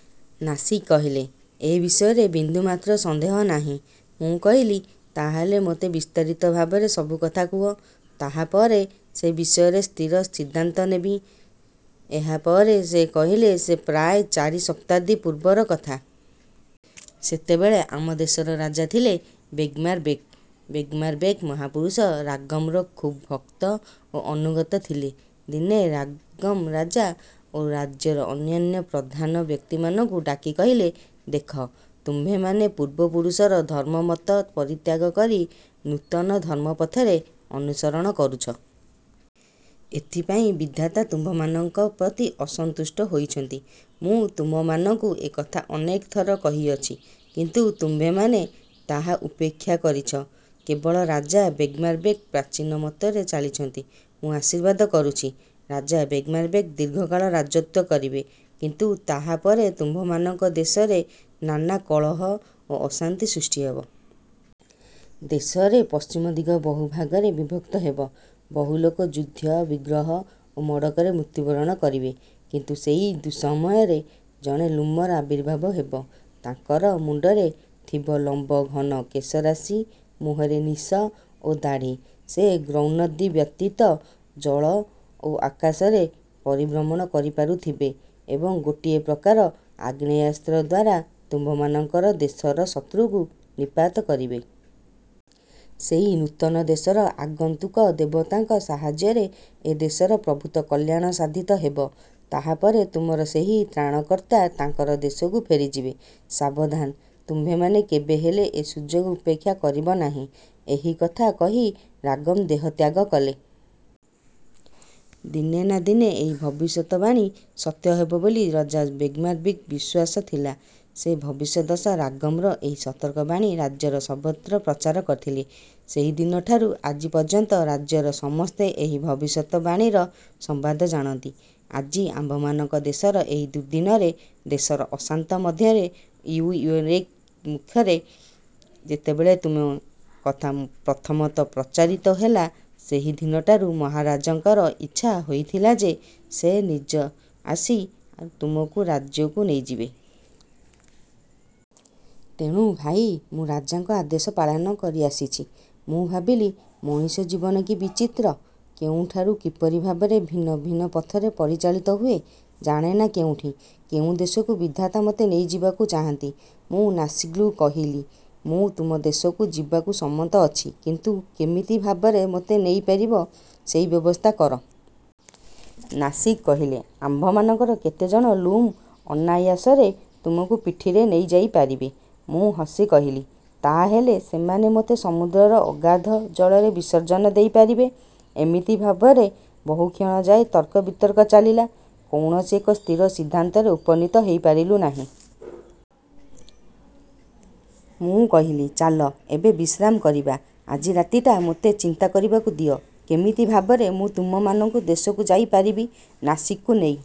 ' ନାସିଗ୍ କହିଲେ, ଏ ବିଷୟରେ ବିନ୍ଦୁମାତ୍ର ସନ୍ଦେହ ନାହିଁ। ମୁଁ କହିଲି, ''ତାହାହେଲେ ମୋତେ ବିସ୍ତାରିତ ଭାବରେ ସବୁ କଥା କୁହ, ତାହାପରେ ସେ ବିଷୟରେ ସ୍ଥିର ସିଦ୍ଧାନ୍ତ ନେବି। '' ଏହାପରେ ସେ କହିଲେ 'ସେ ପ୍ରାୟ ଚାରି ଶତାବ୍ଦୀ ପୂର୍ବର କଥା। ସେତେବେଳେ ଆମ ଦେଶର ରାଜା ଥିଲେ ବେଗ୍ମାରବେକ୍। ବେଗ୍ମାରବେକ୍ ମହାପୁରୁଷ ରାଗମ୍ର ଖୁବ୍ ଭକ୍ତ ଓ ଅନୁଗତ ଥିଲେ। ଦିନେ ରାଗମ୍ ରାଜା ଓ ରାଜ୍ୟର ଅନ୍ୟାନ୍ୟ ପ୍ରଧାନ ବ୍ୟକ୍ତିମାନଙ୍କୁ ଡାକି କହିଲେ, ଦେଖ, ତୁମ୍ଭେମାନେ ପୂର୍ବପୁରୁଷର ଧର୍ମମତ ପରିତ୍ୟାଗ କରି ନୂତନ ଧର୍ମପଥରେ ଅନୁସରଣ କରୁଛ। ଏଥିପାଇଁ ବିଧାତା ତୁମ୍ଭମାନଙ୍କ ପ୍ରତି ଅସନ୍ତୁଷ୍ଟ ହୋଇଛନ୍ତି। ମୁଁ ତୁମମାନଙ୍କୁ ଏ କଥା ଅନେକ ଥର କହିଅଛି। କିନ୍ତୁ ତୁମ୍ଭେମାନେ ତାହା ଉପେକ୍ଷା କରିଛ। କେବଳ ରାଜା ବେଗ୍ମାରବେକ୍ ପ୍ରାଚୀନ ମତରେ ଚାଲିଛନ୍ତି। ମୁଁ ଆଶୀର୍ବାଦ କରୁଛି, ରାଜା ବେଗ୍ମାରବେକ୍ ଦୀର୍ଘକାଳ ରାଜତ୍ୱ କରିବେ। କିନ୍ତୁ ତାହାପରେ ତୁମ୍ଭମାନଙ୍କ ଦେଶରେ ନାନା କଳହ ଓ ଅଶାନ୍ତି ସୃଷ୍ଟି ହେବ। ଦେଶରେ ପଶ୍ଚିମ ଦିଗ ବହୁଭାଗରେ ବିଭକ୍ତ ହେବ, ବହୁ ଲୋକ ଯୁଦ୍ଧ ବିଗ୍ରହ ଓ ମଡ଼କରେ ମୃତ୍ୟୁବରଣ କରିବେ। କିନ୍ତୁ ସେଇ ଦୁଃସମୟରେ ଜଣେ ଲ୍ଲୁମର ଆବିର୍ଭାବ ହେବ। ତାଙ୍କର ମୁଣ୍ଡରେ ଥିବ ଲମ୍ବ ଘନ କେଶରାଶି, ମୁହଁରେ ନିଶ ଓ ଦାଢ଼ି,-ସେ ଗ୍ରୌନଦି ବ୍ୟତୀତ ଜଳ ଓ ଆକାଶରେ ପରିଭ୍ରମଣ କରିପାରୁଥିବେ ଏବଂ ଗୋଟିଏ ପ୍ରକାର ଆଗ୍ନେୟାସ୍ତ୍ରଦ୍ୱାରା ତୁମ୍ଭମାନଙ୍କର ଦେଶର ଶତ୍ରୁକୁ ନିପାତ କରିବେ। ସେଇ ନୂତନ ଦେଶର ଆଗନ୍ତୁକ ଦେବତାଙ୍କ ସାହାଯ୍ୟରେ ଏ ଦେଶର ପ୍ରଭୂତ କଲ୍ୟାଣ ସାଧିତ ହେବ। ତାହାପରେ ତୁମର ସେହି ତ୍ରାଣକର୍ତ୍ତା ତାଙ୍କର ଦେଶକୁ ଫେରିଯିବେ। ସାବଧାନ, ତୁମ୍ଭେମାନେ କେବେହେଲେ ଏ ସୁଯୋଗ ଉପେକ୍ଷା କରିବ ନାହିଁ। ଏହି କଥା କହି ରାଗମ୍ ଦେହତ୍ୟାଗ କଲେ। ''ଦିନେ ନା ଦିନେ ଏଇ ଭବିଷ୍ୟତବାଣୀ ସତ୍ୟ ହେବ ବୋଲି ରଜା ବେଗ୍ମାରବେକ୍ଙ୍କ ବିଶ୍ୱାସ ଥିଲା, ସେ ଭବିଷ୍ୟଦ୍ଦଶା, ରାଗମ୍ର ଏହି ସତର୍କ ବାଣୀ ରାଜ୍ୟର ସର୍ବତ୍ର ପ୍ରଚାର କରିଥିଲେ-। ସେହିଦିନଠାରୁ ଆଜି ପର୍ଯ୍ୟନ୍ତ ରାଜ୍ୟର ସମସ୍ତେ ଏହି ଭବିଷ୍ୟତ ବାଣୀର ସମ୍ବାଦ ଜାଣନ୍ତି। ଆଜି ଆମ୍ଭମାନଙ୍କ ଦେଶର ଏହି ଦୁର୍ଦ୍ଦିନରେ, ଦେଶର ଅଶାନ୍ତ ମଧ୍ୟରେ ଇଉଓୟାରକି ମୁଖରେ ଯେତେବେଳେ ତୁମ କଥା ପ୍ରଥମତଃ ପ୍ରଚାରିତ ହେଲା, ସେହିଦିନଠାରୁ ମହାରାଜାଙ୍କର ଇଚ୍ଛା ହୋଇଥିଲା ଯେ, ସେ ନିଜେ ଆସି ତୁମକୁ ରାଜ୍ୟକୁ ନେଇଯିବେ। ତେଣୁ ଭାଇ, ମୁଁ ରାଜାଙ୍କ ଆଦେଶ ପାଳନ କରିଆସିଅଛି। '' ମୁଁ ଭାବିଲି, ମଣିଷ ଜୀବନ କି ବିଚିତ୍ର, କେଉଁଠାରୁ କିପରି ଭାବରେ ଭିନ୍ନ ଭିନ୍ନ ପଥରେ ପରିଚାଳିତ ହୁଏ। ଜାଣେନା କେଉଁଠି କେଉଁ ଦେଶକୁ ବିଧାତା ମୋତେ ନେଇଯିବାକୁ ଚାହାନ୍ତି। ମୁଁ ନାସିଗ୍କୁ କହିଲି, ମୁଁ ତୁମ ଦେଶକୁ ଯିବାକୁ ସମ୍ମତ ଅଛି, କିନ୍ତୁ କେମିତି ଭାବରେ ମୋତେ ନେଇପାରିବ ସେଇ ବ୍ୟବସ୍ଥା କର। ନାସିଗ୍ କହିଲେ,-ଆମ୍ଭମାନଙ୍କର କେତେଜଣ ଲ୍ଲୁମ ଅନାୟାସରେ ତୁମକୁ ପିଠିରେ ନେଇଯାଇପାରିବେ। ମୁଁ ହସି କହିଲି, ''ତାହାହେଲେ ସେମାନେ ମୋତେ ସମୁଦ୍ରର ଅଗାଧ ଜଳରେ ବିସର୍ଜନ ଦେଇପାରିବେ। '' ଏମିତି ଭାବରେ ବହୁକ୍ଷଣ ଯାଏ ତର୍କ ବିତର୍କ ଚାଲିଲା। କୌଣସି ଏକ ସ୍ଥିର ସିଦ୍ଧାନ୍ତରେ ଉପନୀତ ହୋଇପାରିଲୁ ନାହିଁ। ମୁଁ କହିଲି-''ଚାଲ, ଏବେ ବିଶ୍ରାମ କରିବା। ଆଜି ରାତିଟା ମୋତେ ଚିନ୍ତା କରିବାକୁ ଦିଅ, କେମିତି ଭାବରେ ମୁଁ ତୁମମାନଙ୍କ ଦେଶକୁ ଯାଇ ପାରିବି। '' ନାସିଗ୍କୁ ନେଇ